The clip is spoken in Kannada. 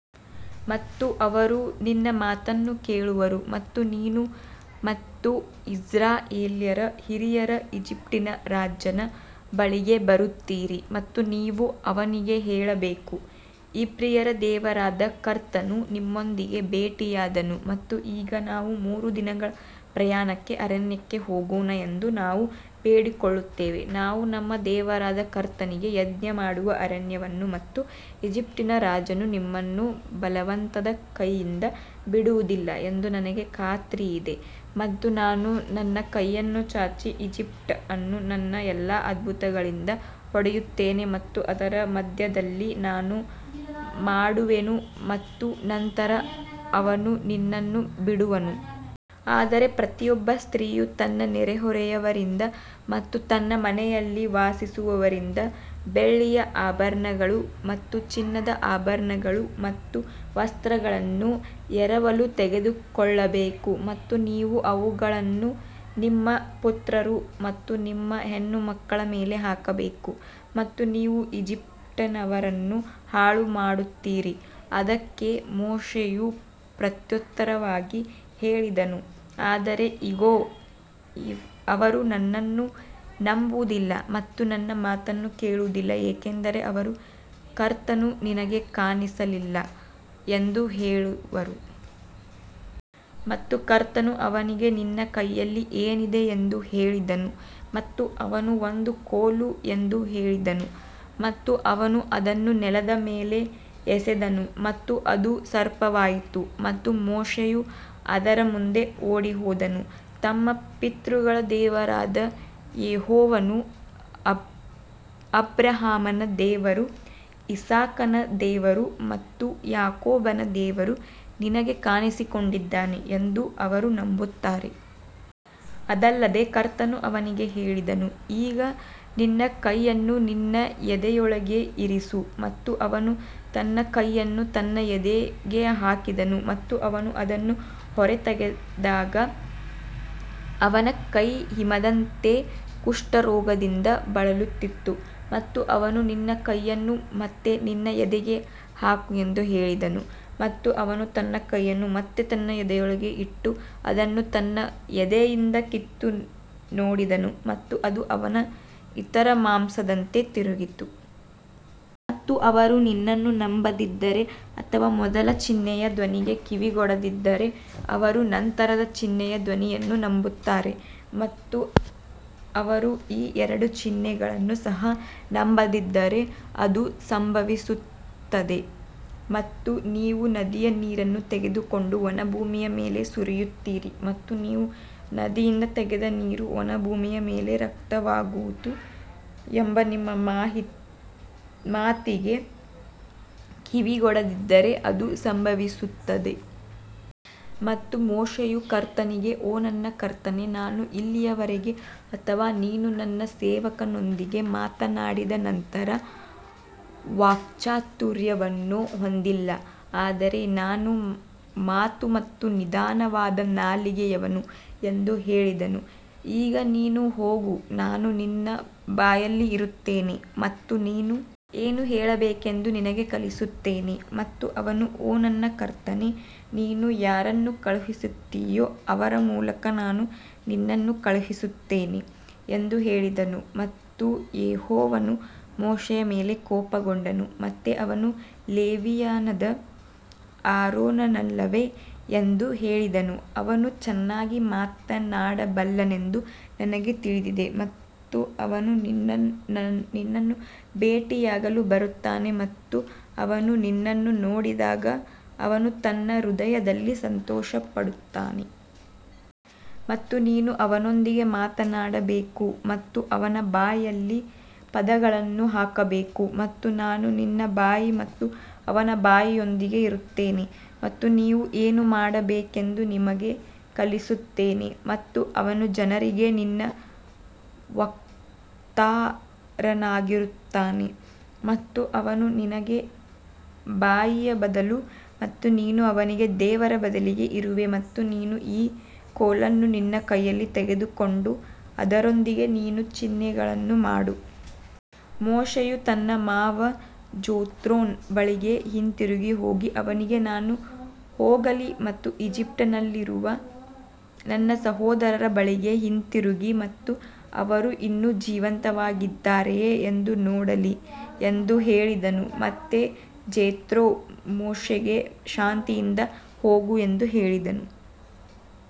ಮತ್ತು ಅವರು ನಿನ್ನ ಮಾತನ್ನು ಕೇಳುವರು ಮತ್ತು ನೀನು ಮತ್ತು ಇಸ್ರಾಯೇಲ್ಯರ ಹಿರಿಯರು ಈಜಿಪ್ಟಿನ ರಾಜನ ಬಳಿಗೆ ಬರುತ್ತೀರಿ ಮತ್ತು ನೀವು ಅವನಿಗೆ ಹೇಳಬೇಕು ಇಬ್ರಿಯರ ದೇವರಾದ ಕರ್ತನು ನಮ್ಮೊಂದಿಗೆ ಭೇಟಿಯಾದನು ಮತ್ತು ಈಗ ನಾವು ಮೂರು ದಿನಗಳ ಪ್ರಯಾಣಕ್ಕೆ ಅರಣ್ಯಕ್ಕೆ ಹೋಗೋಣ ಎಂದು ನಾವು ಬೇಡಿಕೊಳ್ಳುತ್ತೇವೆ ನಾವು ನಮ್ಮ ದೇವರಾದ ಕರ್ತನಿಗೆ ಯಜ್ಞಮಾಡುವ ಅರಣ್ಯವನ್ನು ಮತ್ತು ಈಜಿಪ್ಟಿನ ರಾಜನು ನಿಮ್ಮನ್ನು ಬಲವಂತದ ಕೈಯಿಂದ ಬಿಡುವುದಿಲ್ಲ ಎಂದು ನನಗೆ ಖಾತ್ರಿಯಿದೆ ಮತ್ತು ನಾನು ನನ್ನ ಕೈಯನ್ನು ಚಾಚಿ ಈಜಿಪ್ಟ್ ಅನ್ನು ನನ್ನ ಎಲ್ಲಾ ಅದ್ಭುತಗಳಿಂದ ಹೊಡೆಯುತ್ತೇನೆ ಮತ್ತು ಅದರ ಮಧ್ಯದಲ್ಲಿ ನಾನು ಮಾಡುವೆನು ಮತ್ತು ನಂತರ ಅವನು ನಿನ್ನನ್ನು ಬಿಡುವನು. ಆದರೆ ಪ್ರತಿಯೊಬ್ಬ ಸ್ತ್ರೀಯು ತನ್ನ ನೆರೆಹೊರೆಯವರಿಂದ ಮತ್ತು ತನ್ನ ಮನೆಯಲ್ಲಿ ವಾಸಿಸುವವರಿಂದ ಬೆಳ್ಳಿಯ ಆಭರಣಗಳು ಮತ್ತು ಚಿನ್ನದ ಆಭರಣಗಳು ಮತ್ತು ವಸ್ತ್ರಗಳನ್ನು ಎರವಲು ತೆಗೆದುಕೊಳ್ಳಬೇಕು ಮತ್ತು ನೀವು ಅವುಗಳನ್ನು ನಿಮ್ಮ ಪುತ್ರರು ಮತ್ತು ನಿಮ್ಮ ಹೆಣ್ಣುಮಕ್ಕಳ ಮೇಲೆ ಹಾಕಬೇಕು ಮತ್ತು ನೀವು ಈಜಿಪ್ಟಿನವರನ್ನು ಹಾಳುಮಾಡುತ್ತೀರಿ. ಅದಕ್ಕೆ ಮೋಶೆಯು ಪ್ರತ್ಯುತ್ತರವಾಗಿ ಹೇಳಿದನು ಆದರೆ ಇಗೋ ಅವರು ನನ್ನನ್ನು ನಂಬುವುದಿಲ್ಲ ಮತ್ತು ನನ್ನ ಮಾತನ್ನು ಕೇಳುವುದಿಲ್ಲ ಏಕೆಂದರೆ ಅವರು ಕರ್ತನು ನಿನಗೆ ಕಾಣಿಸಲಿಲ್ಲ ಎಂದು ಹೇಳುವರು. ಮತ್ತು ಕರ್ತನು ಅವನಿಗೆ ನಿನ್ನ ಕೈಯಲ್ಲಿ ಏನಿದೆ ಎಂದು ಹೇಳಿದನು ಮತ್ತು ಅವನು ಒಂದು ಕೋಲು ಎಂದು ಹೇಳಿದನು ಮತ್ತು ಅವನು ಅದನ್ನು ನೆಲದ ಮೇಲೆ ಎಸೆದನು ಮತ್ತು ಅದು ಸರ್ಪವಾಯಿತು ಮತ್ತು ಮೋಶೆಯು ಅದರ ಮುಂದೆ ಓಡಿಹೋದನು. ತಮ್ಮ ಪಿತೃಗಳ ದೇವರಾದ ಯೆಹೋವನು ಅಬ್ರಹಾಮನ ದೇವರು ಇಸಾಕನ ದೇವರು ಮತ್ತು ಯಾಕೋಬನ ದೇವರು ನಿನಗೆ ಕಾಣಿಸಿಕೊಂಡಿದ್ದಾನೆ ಎಂದು ಅವರು ನಂಬುತ್ತಾರೆ. ಇದಲ್ಲದೆ ಕರ್ತನು ಅವನಿಗೆ ಹೇಳಿದನು ಈಗ ನಿನ್ನ ಕೈಯನ್ನು ನಿನ್ನ ಎದೆಯೊಳಗೆ ಇರಿಸು ಮತ್ತು ಅವನು ತನ್ನ ಕೈಯನ್ನು ತನ್ನ ಎದೆಗೆ ಹಾಕಿದನು ಮತ್ತು ಅವನು ಅದನ್ನು ಹೊರತೆಗೆದಾಗ ಅವನ ಕೈ ಹಿಮದಂತೆ ಕುಷ್ಠರೋಗದಿಂದ ಬಳಲುತ್ತಿತ್ತು. ಮತ್ತು ಅವನು ನಿನ್ನ ಕೈಯನ್ನು ಮತ್ತೆ ನಿನ್ನ ಎದೆಗೆ ಹಾಕು ಎಂದು ಹೇಳಿದನು ಮತ್ತು ಅವನು ತನ್ನ ಕೈಯನ್ನು ಮತ್ತೆ ತನ್ನ ಎದೆಯೊಳಗೆ ಇಟ್ಟು ಅದನ್ನು ತನ್ನ ಎದೆಯಿಂದ ಕಿತ್ತು ನೋಡಿದನು ಮತ್ತು ಅದು ಅವನ ಇತರ ಮಾಂಸದಂತೆ ತಿರುಗಿತು. ಮತ್ತು ಅವರು ನಿನ್ನನ್ನು ನಂಬದಿದ್ದರೆ ಅಥವಾ ಮೊದಲ ಚಿಹ್ನೆಯ ಧ್ವನಿಗೆ ಕಿವಿಗೊಡದಿದ್ದರೆ ಅವರು ನಂತರದ ಚಿಹ್ನೆಯ ಧ್ವನಿಯನ್ನು ನಂಬುತ್ತಾರೆ. ಮತ್ತು ಅವರು ಈ ಎರಡು ಚಿಹ್ನೆಗಳನ್ನು ಸಹ ನಂಬದಿದ್ದರೆ ಅದು ಸಂಭವಿಸುತ್ತದೆ ಮತ್ತು ನೀವು ನದಿಯ ನೀರನ್ನು ತೆಗೆದುಕೊಂಡು ಒಣ ಭೂಮಿಯ ಮೇಲೆ ಸುರಿಯುತ್ತೀರಿ ಮತ್ತು ನೀವು ನದಿಯಿಂದ ತೆಗೆದ ನೀರು ಒಣ ಭೂಮಿಯ ಮೇಲೆ ರಕ್ತವಾಗುವುದು ಎಂಬ ನಿಮ್ಮ ಮಾತಿಗೆ ಕಿವಿಗೊಡದಿದ್ದರೆ ಅದು ಸಂಭವಿಸುತ್ತದೆ. ಮತ್ತು ಮೋಶೆಯು ಕರ್ತನಿಗೆ ಓ ನನ್ನ ಕರ್ತನೇ ನಾನು ಇಲ್ಲಿಯವರೆಗೆ ಅಥವಾ ನೀನು ನಿನ್ನ ಸೇವಕನೊಂದಿಗೆ ಮಾತನಾಡಿದ ನಂತರ ವಾಕ್ಚಾತುರ್ಯವನ್ನು ಹೊಂದಿಲ್ಲ ಆದರೆ ನಾನು ಮಾತು ಮತ್ತು ನಿಧಾನವಾದ ನಾಲಿಗೆಯವನು ಎಂದು ಹೇಳಿದನು. ಈಗ ನೀನು ಹೋಗು ನಾನು ನಿನ್ನ ಬಾಯಲ್ಲಿ ಇರುತ್ತೇನೆ ಮತ್ತು ನೀನು ಏನು ಹೇಳಬೇಕೆಂದು ನಿನಗೆ ಕಲಿಸುತ್ತೇನೆ ಮತ್ತು ಅವನು ಓ ನನ್ನ ಕರ್ತನೇ ನೀನು ಯಾರನ್ನು ಕಳುಹಿಸುತ್ತೀಯೋ ಅವರ ಮೂಲಕ ನಾನು ನಿನ್ನನ್ನು ಕಳುಹಿಸುತ್ತೇನೆ ಎಂದು ಹೇಳಿದನು ಮತ್ತು ಯೆಹೋವನು ಮೋಶೆಯ ಮೇಲೆ ಕೋಪಗೊಂಡನು ಮತ್ತು ಅವನು ಲೇವಿಯನಾದ ಆರೋನನಲ್ಲವೇ ಎಂದು ಹೇಳಿದನು ಅವನು ಚೆನ್ನಾಗಿ ಮಾತನಾಡಬಲ್ಲನೆಂದು ನನಗೆ ತಿಳಿದಿದೆ ಮತ್ತು ಅವನು ನಿನ್ನನ್ನು ಭೇಟಿಯಾಗಲು ಬರುತ್ತಾನೆ ಮತ್ತು ಅವನು ನಿನ್ನನ್ನು ನೋಡಿದಾಗ ಅವನು ತನ್ನ ಹೃದಯದಲ್ಲಿ ಸಂತೋಷಪಡುತ್ತಾನೆ. ಮತ್ತು ನೀನು ಅವನೊಂದಿಗೆ ಮಾತನಾಡಬೇಕು ಮತ್ತು ಅವನ ಬಾಯಿಯಲ್ಲಿ ಪದಗಳನ್ನು ಹಾಕಬೇಕು ಮತ್ತು ನಾನು ನಿನ್ನ ಬಾಯಿ ಮತ್ತು ಅವನ ಬಾಯಿಯೊಂದಿಗೆ ಇರುತ್ತೇನೆ ಮತ್ತು ನೀವು ಏನು ಮಾಡಬೇಕೆಂದು ನಿಮಗೆ ಕಲಿಸುತ್ತೇನೆ. ಮತ್ತು ಅವನು ಜನರಿಗೆ ನಿನ್ನ ವಕ್ತಾರನಾಗಿರುತ್ತಾನೆ ಮತ್ತು ಅವನು ನಿನಗೆ ಬಾಯಿಯ ಬದಲು ಮತ್ತು ನೀನು ಅವನಿಗೆ ದೇವರ ಬದಲಿಗೆ ಇರುವೆ ಮತ್ತು ನೀನು ಈ ಕೋಲನ್ನು ನಿನ್ನ ಕೈಯಲ್ಲಿ ತೆಗೆದುಕೊಂಡು ಅದರೊಂದಿಗೆ ನೀನು ಚಿಹ್ನೆಗಳನ್ನು ಮಾಡು. ಮೋಶೆಯು ತನ್ನ ಮಾವ ಜೆತ್ರೋನ ಬಳಿಗೆ ಹಿಂತಿರುಗಿ ಹೋಗಿ ಅವನಿಗೆ ನಾನು ಹೋಗಲಿ ಮತ್ತು ಈಜಿಪ್ಟಿನಲ್ಲಿರುವ ನನ್ನ ಸಹೋದರರ ಬಳಿಗೆ ಹಿಂತಿರುಗಿ ಮತ್ತು ಅವರು ಇನ್ನೂ ಜೀವಂತವಾಗಿದ್ದಾರೆಯೇ ಎಂದು ನೋಡಲಿ ಎಂದು ಹೇಳಿದನು ಮತ್ತು ಜೆತ್ರೋ ಮೋಶೆಗೆ ಶಾಂತಿಯಿಂದ ಹೋಗು ಎಂದು ಹೇಳಿದನು.